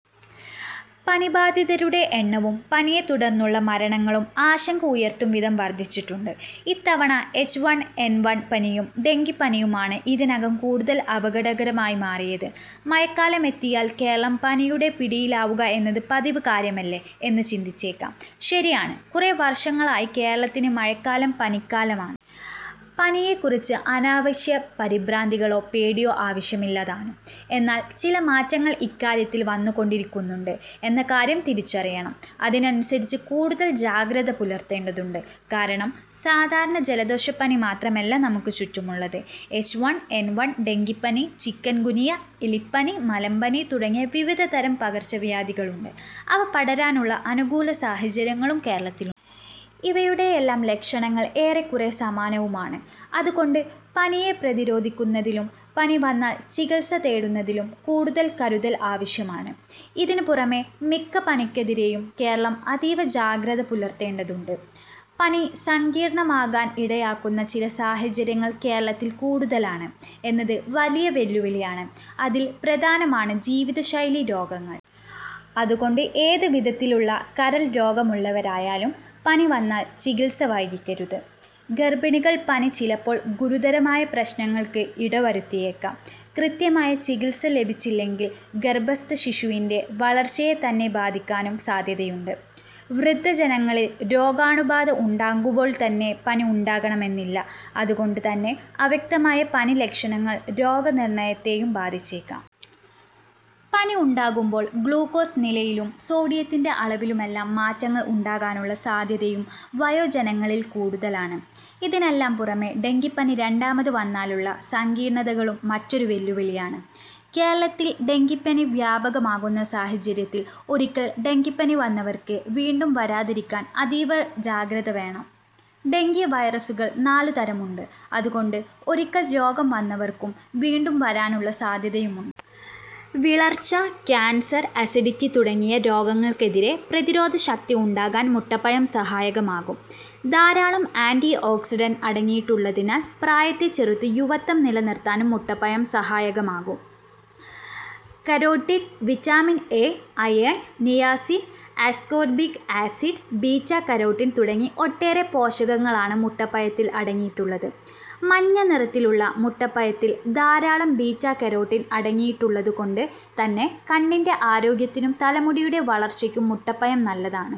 പനി ബാധിതരുടെ എണ്ണവും പനിയെ തുടര്ന്നുള്ള മരണങ്ങളും ആശങ്ക ഉയര്ത്തും വിധം വര്ധിച്ചിട്ടുണ്ട്. ഇത്തവണ എച്ച് വണ് എന് വണ് പനിയും ഡെങ്കിപ്പനിയുമാണ് ഇതിനകം കൂടുതല് അപകടകരമായി മാറിയത്. മഴക്കാലമെത്തിയാല് കേരളം പനിയുടെ പിടിയിലാവുക എന്നത് പതിവ് കാര്യമല്ലേ എന്ന് ചിന്തിച്ചേക്കാം. ശരിയാണ്, കുറേ വര്ഷങ്ങളായി കേരളത്തിന് മഴക്കാലം പനിക്കാലമാണ്. പനിയെക്കുറിച്ച് അനാവശ്യ പരിഭ്രാന്തികളോ പേടിയോ ആവശ്യമില്ല താനും. എന്നാല് ചില മാറ്റങ്ങള് ഇക്കാര്യത്തില് വന്നുകൊണ്ടിരിക്കുന്നുണ്ട് എന്ന കാര്യം തിരിച്ചറിയണം. അതിനനുസരിച്ച് കൂടുതല് ജാഗ്രത പുലര്ത്തേണ്ടതുണ്ട്. കാരണം സാധാരണ ജലദോഷപ്പനി മാത്രമല്ല നമുക്ക് ചുറ്റുമുള്ളത്. എച്ച് വണ് എന് വണ്, ഡെങ്കിപ്പനി, ചിക്കുന്ഗുനിയ എലിപ്പനി, മലമ്പനി തുടങ്ങി വിവധതരം പകര്ച്ചവ്യാധികളുണ്ട്. അവ പടരാനുള്ള അനുകൂല സാഹചര്യങ്ങളും കേരളത്തിലുണ്ട്. ഇവയുടെയെല്ലാം ലക്ഷണങ്ങള് എറെക്കുറേ സമാനവുമാണ്. അതുകൊണ്ട് പനിയെ പ്രതിരോധിക്കുന്നതിലും പനിവന്നാല് ചികിത്സ തേടുന്നതിലും കൂടുതല് കരുതല് ആവശ്യമാണ്. ഇതിന് പുറമേ സിക്ക പനിക്കെതിരെയും കേരളം അതിവ ജാഗ്രത പുലര്ത്തേണ്ടതുണ്ട്. പനി സങ്കീര്ണമാകാന് ഇടയാക്കുന്ന ചില സഹാചര്യങ്ങള് കേരളത്തില് കൂടുതലാണ്് എന്നത് വലിയ വെല്ലുവിളിയാണ്. അതില് പ്രധാനമാണ് ജീവിതശൈലി രോഗങ്ങള്. അതുകൊണ്ട് എത് വിധത്തിലുള്ള കരള് രോഗമുള്ളവരായാലും പനിവന്നാല് ചികിത്സ വൈകിക്കരുത്. ഗര്ഭിണികളികള് പനി ചിലപ്പോള് ഗുരുതരമായ പ്രശ്നങ്ങള്ക്ക് ഇടവരുത്തിയേക്കാം. കൃത്യമായ ചികിത്സ ലഭിച്ചില്ലെങ്കില് ഗര്ഭസ്ഥ ശിശുവിന്റെ വളര്ച്ചയെതന്നെ ബാധിക്കാനും സാധ്യതയുണ്ട്. വൃദ്ധജനങ്ങളില് രോഗാണുബാധ ഉണ്ടാകുമ്പോള് തന്നെ പനി ഉണ്ടാകണമെന്നില്ല. അതുകൊണ്ട് തന്നെ അവ്യക്തമായ പനി ലക്ഷണങ്ങള് രോഗനിര്ണയത്തെയും ബാധിച്ചേക്കാം. പനി ഉണ്ടാകുമ്പോള് ഗ്ലൂക്കോസ് നിലയിലും സോഡിയത്തിന്റെ അളവിലുമെല്ലാം മാറ്റങ്ങള് ഉണ്ടാകാനുള്ള സാധ്യതയും വയോജനങ്ങളില് കൂടുതലാണ്. ഇതിനെല്ലാം പുറമേ, ഡെങ്കിപ്പനി രണ്ടാമത് വന്നാലുള്ള സങ്കീര്ണതകള് മറ്റൊരു വെല്ലുവിളിയാണ്. കേരളത്തില് ഡെങ്കിപ്പനി വ്യാപകമാകുന്ന സഹാചര്യത്തില് ഒരിക്കല് ഡെങ്കിപ്പനി വന്നവര്ക്ക് വീണ്ടും വരാതിരിക്കാന് അതീവ ജാഗ്രതതന്നെ വേണം. ഡെങ്കിവൈറസുകള് നാലുതരമുണ്ട്. അതുകൊണ്ട് ഒരിക്കല് രോഗം വന്നവര്ക്കും വീണ്ടും വരാനുള്ള സാധ്യതയുമുണ്ട്. വിളര്ച്ച, കാന്സര്, അസിഡിറ്റി തുടങ്ങിയ രോഗങ്ങള്ക്കെതിരെ പ്രതിരോധശക്തി ഉണ്ടാകാന് മുട്ടപ്പഴം സഹായകമാകും. ധാരാളം ആന്റിഓക്സിഡന്റ് അടങ്ങിയിട്ടുളളതിനാല് പ്രായത്തെ ചെറുത്ത് യുവത്വം നിലനിര്ത്താനും മുട്ടപ്പഴം സഹായകമാകും. Carotene, vitamin A, iron, niacin, ascorbic acid, beta carotene തുടങ്ങി ഒട്ടേറെ പോഷകങ്ങളാണ് മുട്ടപ്പഴത്തില് അടങ്ങിയിട്ടുളളത്. മഞ്ഞ നിറത്തിലുളള മുട്ടപ്പഴത്തില് ധാരാളം ബീറ്റാകരോട്ടിന് അടങ്ങിയിട്ടുളളത് കൊണ്ട് തന്നെ കണ്ണിന്റെ ആരോഗ്യത്തിനും തലമുടിയുടെ വളര്ച്ചയ്ക്കും മുട്ടപ്പഴം നല്ലതാണ്.